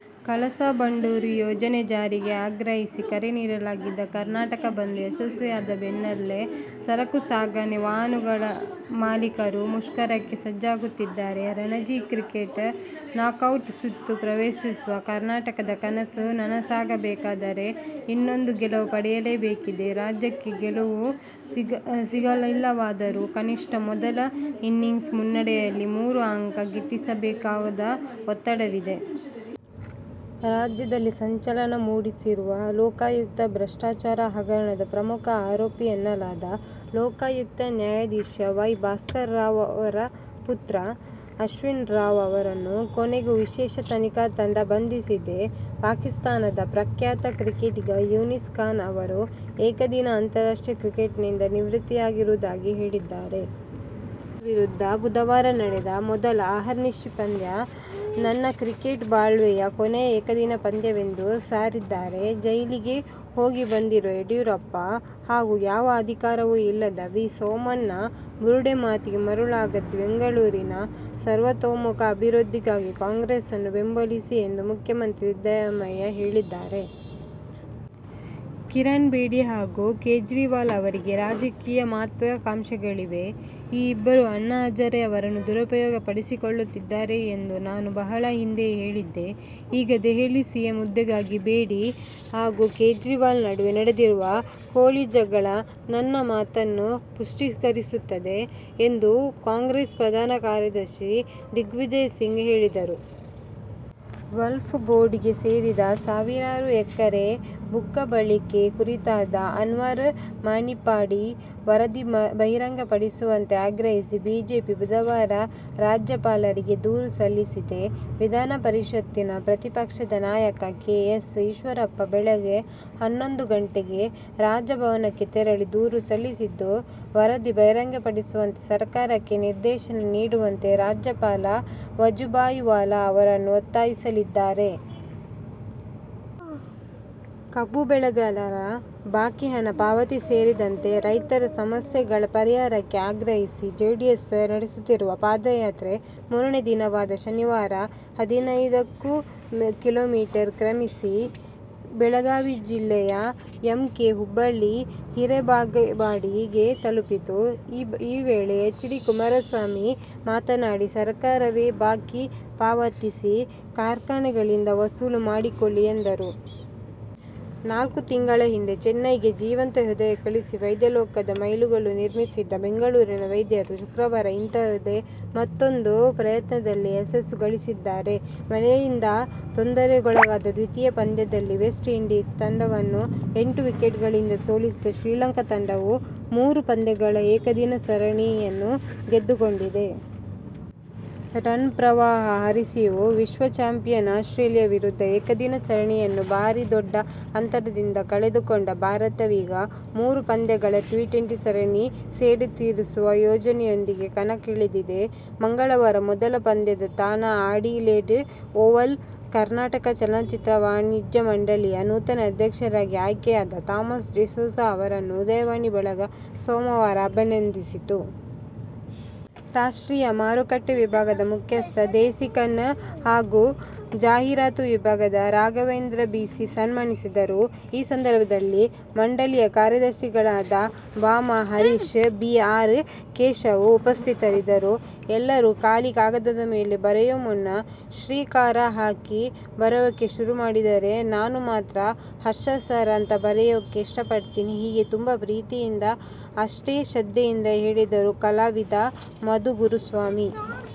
ಕಳಸಾ- ಬಂಡೂರಿ ಯೋಜನೆ ಜಾರಿಗೆ ಆಗ್ರಹಿಸಿ ಕರೆ ನೀಡಲಾಗಿದ್ದ ಕರ್ನಾಟಕ ಬಂದ್ ಯಶಸ್ವಿಯಾದ ಬೆನ್ನಲ್ಲೇ ಸರಕು ಸಾಗಣೆ ವಾಹನಗಳ ಮಾಲೀಕರು ಮುಷ್ಕರಕ್ಕೆ ಸಜ್ಜಾಗುತ್ತಿದ್ದಾರೆ. ರಣಜಿ ಕ್ರಿಕೆಟ್ ನಾಕೌಟ್ ಸುತ್ತು ಪ್ರವೇಶಿಸುವ ಕರ್ನಾಟಕದ ಕನಸು ನನಸಾಗಬೇಕಾದರೆ ಇನ್ನೊಂದು ಗೆಲುವು ಪಡೆಯಲೇಬೇಕಿದೆ. ರಾಜ್ಯಕ್ಕೆ ಗೆಲುವು ಸಿಗಲಿಲ್ಲವಾದರೂ ಕನಿಷ್ಠ ಮೊದಲ ಇನಿಂಗ್ಸ್ ಮುನ್ನಡೆಯಲ್ಲಿ ಮೂರು ಅಂಕವನ್ನು ಗಿಟ್ಟಿಸಿಕೊಳ್ಳಲೇಬೇಕಾದ ಒತ್ತಡವಿದೆ. ರಾಜ್ಯದಲ್ಲಿ ಸಂಚಲನ ಮೂಡಿಸಿರುವ ಲೋಕಾಯುಕ್ತ ಭ್ರಷ್ಟಾಚಾರ ಹಗರಣದ ಪ್ರಮುಖ ಆರೋಪಿ ಎನ್ನಲಾದ, ಲೋಕಾಯುಕ್ತ ನ್ಯಾಯಾಧೀಶ ವೈ. ಭಾಸ್ಕರ್ ರಾವ್ ಪುತ್ರ ಅಶ್ವಿನ್ ರಾವ್ ಅವರನ್ನು ಕೊನೆಗೂ ವಿಶೇಷ ತನಿಖಾ ತಂಡ ಬಂಧಿಸಿದೆ. ಪಾಕಿಸ್ಥಾನದ ಪ್ರಖ್ಯಾತ ಕ್ರಿಕೆಟಿಗ ಯೂನಿಸ್ ಖಾನ್ ಅವರು ಏಕದಿನ ಅಂತಾರಾಷ್ಟ್ರೀಯ ಕ್ರಿಕೆಟ್ನಿಂದ ನಿವೃತ್ತಿಯಾಗುವುದಾಗಿ ಹೇಳಿದ್ದಾರೆ. ಇಂಗ್ಲೆಂಡ್ ವಿರುದ್ಧ ಬುಧವಾರ ನಡೆದ ಮೊದಲ ಅಹರ್ನಿಶಿ ಪಂದ್ಯ ನನ್ನ ಕ್ರಿಕೆಟ್ ಬಾಳ್ವೆಯ ಕೊನೆಯ ಏಕದಿನ ಪಂದ್ಯವೆಂದು ಸಾರಿದ್ದಾರೆ. ಜೈಲಿಗೆ ಹೋಗಿಬಂದಿರುವ ಯಡಿಯೂರಪ್ಪ ಹಾಗೂ ಯಾವ ಅಧಿಕಾರವೂ ಇಲ್ಲದ ವಿ. ಸೋಮಣ್ಣನ ಬುರುಡೆ ಮಾತಿಗೆ ಮರಳಾಗದೆ ಬೆಂಗಳೂರಿನ ಸರ್ವತೋಮುಖ ಅಭಿವೃದ್ಧಿಗಾಗಿ ಕಾಂಗ್ರೆಸ್ ನ್ನು ಬೆಂಬಲಿಸಿ ಎಂದು ಮುಖ್ಯಮಂತ್ರಿ ಸಿದ್ದರಾಮಯ್ಯ ಹೇಳಿದ್ದಾರೆ. ಕಿರಣ್ ಬೇಡಿ ಹಾಗೂ ಕೇಜ್ರಿವಾಲ್ ಅವರಿಗೆ ರಾಜಕೀಯ ಮಹತ್ವಾಕಾಂಕ್ಷೆಗಳಿವೆ. ಈ ಇಬ್ಬರು ಅಣ್ಣಾ ಹಜಾರೆ ಅವರನ್ನು ದುರುಪಯೋಗ ಪಡಿಸಿಕೊಳ್ಳುತ್ತಿದ್ದಾರೆ ಎಂದು ನಾನು ಬಹಳ ಹಿಂದೆಯೇ ಹೇಳಿದ್ದೆ. ಈಗ ದೆಹಲಿ ಸಿಎಂ ಹುದ್ದೆಗಾಗಿ ಬೇಡಿ ಹಾಗೂ ಕೇಜ್ರಿವಾಲ್ ನಡುವೆ ನಡೆದಿರುವ ಕೋಳಿ ಜಗಳ ನನ್ನ ಮಾತನ್ನು ಪುಷ್ಟೀಕರಿಸುತ್ತದೆ ಎಂದು ಕಾಂಗ್ರೆಸ್ ಪ್ರಧಾನ ಕಾರ್ಯದರ್ಶಿ ದಿಗ್ವಿಜಯಸಿಂಗ್ ಹೇಳಿದರು. ವಕ್ಫ್ ಬೋರ್ಡ್ಗೆ ಸೇರಿದ ಸಾವಿರಾರು ಎಕರೆ ಭೂಕಬಳಿಕೆ ಕುರಿತಾದ ಅನ್ವರ್ ಮಾಣಿಪ್ಪಾಡಿ ವರದಿ ಬಹಿರಂಗಪಡಿಸುವಂತೆ ಆಗ್ರಹಿಸಿ ಬಿಜೆಪಿ ಬುಧವಾರ ರಾಜ್ಯಪಾಲರಿಗೆ ದೂರು ಸಲ್ಲಿಸಲಿದೆ. ವಿಧಾನಪರಿಷತ್ತಿನ ಪ್ರತಿಪಕ್ಷದ ನಾಯಕ ಕೆ. ಎಸ್. ಈಶ್ವರಪ್ಪ ಬೆಳಗ್ಗೆ ಹನ್ನೊಂದು ಗಂಟೆಗೆ ರಾಜಭವನಕ್ಕೆ ತೆರಳಿ ದೂರು ಸಲ್ಲಿಸಲಿದ್ದು, ವರದಿ ಬಹಿರಂಗಗೊಳಿಸುವಂತೆ ಸರ್ಕಾರಕ್ಕೆ ನಿರ್ದೇಶನನೀಡುವಂತೆ ರಾಜ್ಯಪಾಲ ವಜುಭಾಯಿ ವಾಲಾ ಅವರನ್ನು ಒತ್ತಾಯಿಸಲಿದ್ದಾರೆ. ಕಬ್ಬು ಬೆಳೆಗಾರರ ಬಾಕಿ ಹಣ ಪಾವತಿ ಸೇರಿದಂತೆ ರೈತರ ಸಮಸ್ಯೆಗಳ ಪರಿಹಾರಕ್ಕೆ ಆಗ್ರಹಿಸಿ ಜೆಡಿಎಸ್ ನಡೆಸುತ್ತಿರುವ ಪಾದಯಾತ್ರೆ ಮೂರನೇ ದಿನವಾದ ಶನಿವಾರ ಹದಿನೈದು ಕಿ. ಮೀ. ಕ್ರಮಿಸಿ ಬೆಳಗಾವಿ ಜಿಲ್ಲೆಯ ಎಂ. ಕೆ. ಹುಬ್ಬಳ್ಳಿಯಿಂದ ಹೀರೇಬಾಗೆವಾಡಿಗೆ ತಲುಪಿತು. ಈ ವೇಳೆ ಎಚ್. ಡಿ. ಕುಮಾರಸ್ವಾಮಿ ಮಾತನಾಡಿ, ಸರ್ಕಾರವೇ ಬಾಕಿ ಪಾವತಿಸಿ, ಕಾರ್ಖಾನೆಗಳಿಂದ ವಸೂಲು ಮಾಡಿಕೊಳ್ಳಲಿ ಎಂದರು. ನಾಲ್ಕು ತಿಂಗಳ ಹಿಂದೆ ಚೆನ್ನೈಗೆ ಜೀವಂತ ಹೃದಯ ಕಳುಹಿಸಿ ವೈದ್ಯ ಲೋಕದಲ್ಲಿ ಮೈಲಿಗಲ್ಲು ನಿರ್ಮಿಸಿದ್ದ ಬೆಂಗಳೂರಿನ ವೈದ್ಯರು ಶುಕ್ರವಾರ ಇಂತಹದ್ದೇ ಮತ್ತೂಂದು ಪ್ರಯತ್ನದಲ್ಲಿ ಯಶಸ್ಸು ಗಳಿಸಿದ್ದಾರೆ. ಮಳೆಯಿಂದ ತೊಂದರೆಗೊಳಗಾದ ದ್ವಿತೀಯ ಪಂದ್ಯದಲ್ಲಿ ವೆಸ್ಟ್ಇಂಡೀಸ್ ತಂಡವನ್ನು ಎಂಟು ವಿಕೆಟ್ಗಳಿಂದ ಸೋಲಿಸಿದ ಶ್ರೀಲಂಕಾ ತಂಡವು ಮೂರು ಪಂದ್ಯಗಳ ಏಕದಿನ ಸರಣಿಯನ್ನು ಗೆದ್ದುಕೊಂಡಿದೆ. ರನ್ ಪ್ರವಾಹ ಹರಿಸಿಯೂ ವಿಶ್ವ ಚಾಂಪಿಯನ್ ಆಸ್ಟ್ರೇಲಿಯ ವಿರುದ್ಧದ ಏಕದಿನ ಸರಣಿಯನ್ನು ಭಾರೀ ದೊಡ್ಡ ಅಂತರದಿಂದ ಕಳೆದುಕೊಂಡ ಭಾರತವೀಗ ಮೂರು ಪಂದ್ಯಗಳ ಟಿ-ಟ್ವೆಂಟಿ ಸರಣಿಯಲ್ಲಿ ಸೇಡು ತೀರಿಸುವ ಯೋಜನೆಯೊಂದಿಗೆ ಕಣಕ್ಕಿಳಿಯಲಿದೆ. ಮಂಗಳವಾರದ ಮೊದಲ ಪಂದ್ಯದ ತಾಣ ಅಡಿಲೇಡ್ ಓವಲ್. ಕರ್ನಾಟಕ ಚಲನಚಿತ್ರ ವಾಣಿಜ್ಯ ಮಂಡಳಿಯ ನೂತನ ಅಧ್ಯಕ್ಷರಾಗಿ ಆಯ್ಕೆಯಾದ ಥಾಮಸ್ ಡಿಸೋಜ ಅವರನ್ನು ಉದಯವಾಣಿ ಬಳಗ ಸೋಮವಾರ ಅಭಿನಂದಿಸಿತು. ರಾಷ್ಟ್ರೀಯ ಮಾರುಕಟ್ಟೆ ವಿಭಾಗದ ಮುಖ್ಯಸ್ಥ ದೇಸಿಕನ್ ಹಾಗೂ ಜಾಹೀರಾತು ವಿಭಾಗದ ರಾಘವೇಂದ್ರ ಬಿ. ಸಿ. ಸನ್ಮಾನಿಸಿದರು. ಈ ಸಂದರ್ಭದಲ್ಲಿ ಮಂಡಳಿಯ ಕಾರ್ಯದರ್ಶಿಗಳಾದ ಭಾ. ಮ. ಹರೀಶ್, ಬಿ. ಆರ್. ಕೇಶವ ಉಪಸ್ಥಿತರಿದ್ದರು. ಎಲ್ಲರೂ ಖಾಲಿ ಕಾಗದ ಮೇಲೆ ಬರೆಯೋ ಮುನ್ನ, "ಶ್ರೀ' ಕಾರ ಹಾಕಿ ಬರೆಯೋಕೆ ಶುರು ಮಾಡಿದರೆ, ನಾನು ಮಾತ್ರ, ಹರ್ಷ ಸಾರ್ ಅಂತ ಬರೆಯೋಕೆ ಇಷ್ಟಪಡ್ತೀನಿ -ಹೀಗೆ ತುಂಬು ಪ್ರೀತಿಯಿಂದ ಅಷ್ಟೇ ಶ್ರದ್ಧೆಯಿಂದ ಹೇಳಿದ್ದು, ಕಲಾವಿದ ಮಧು ಗುರುಸ್ವಾಮಿ.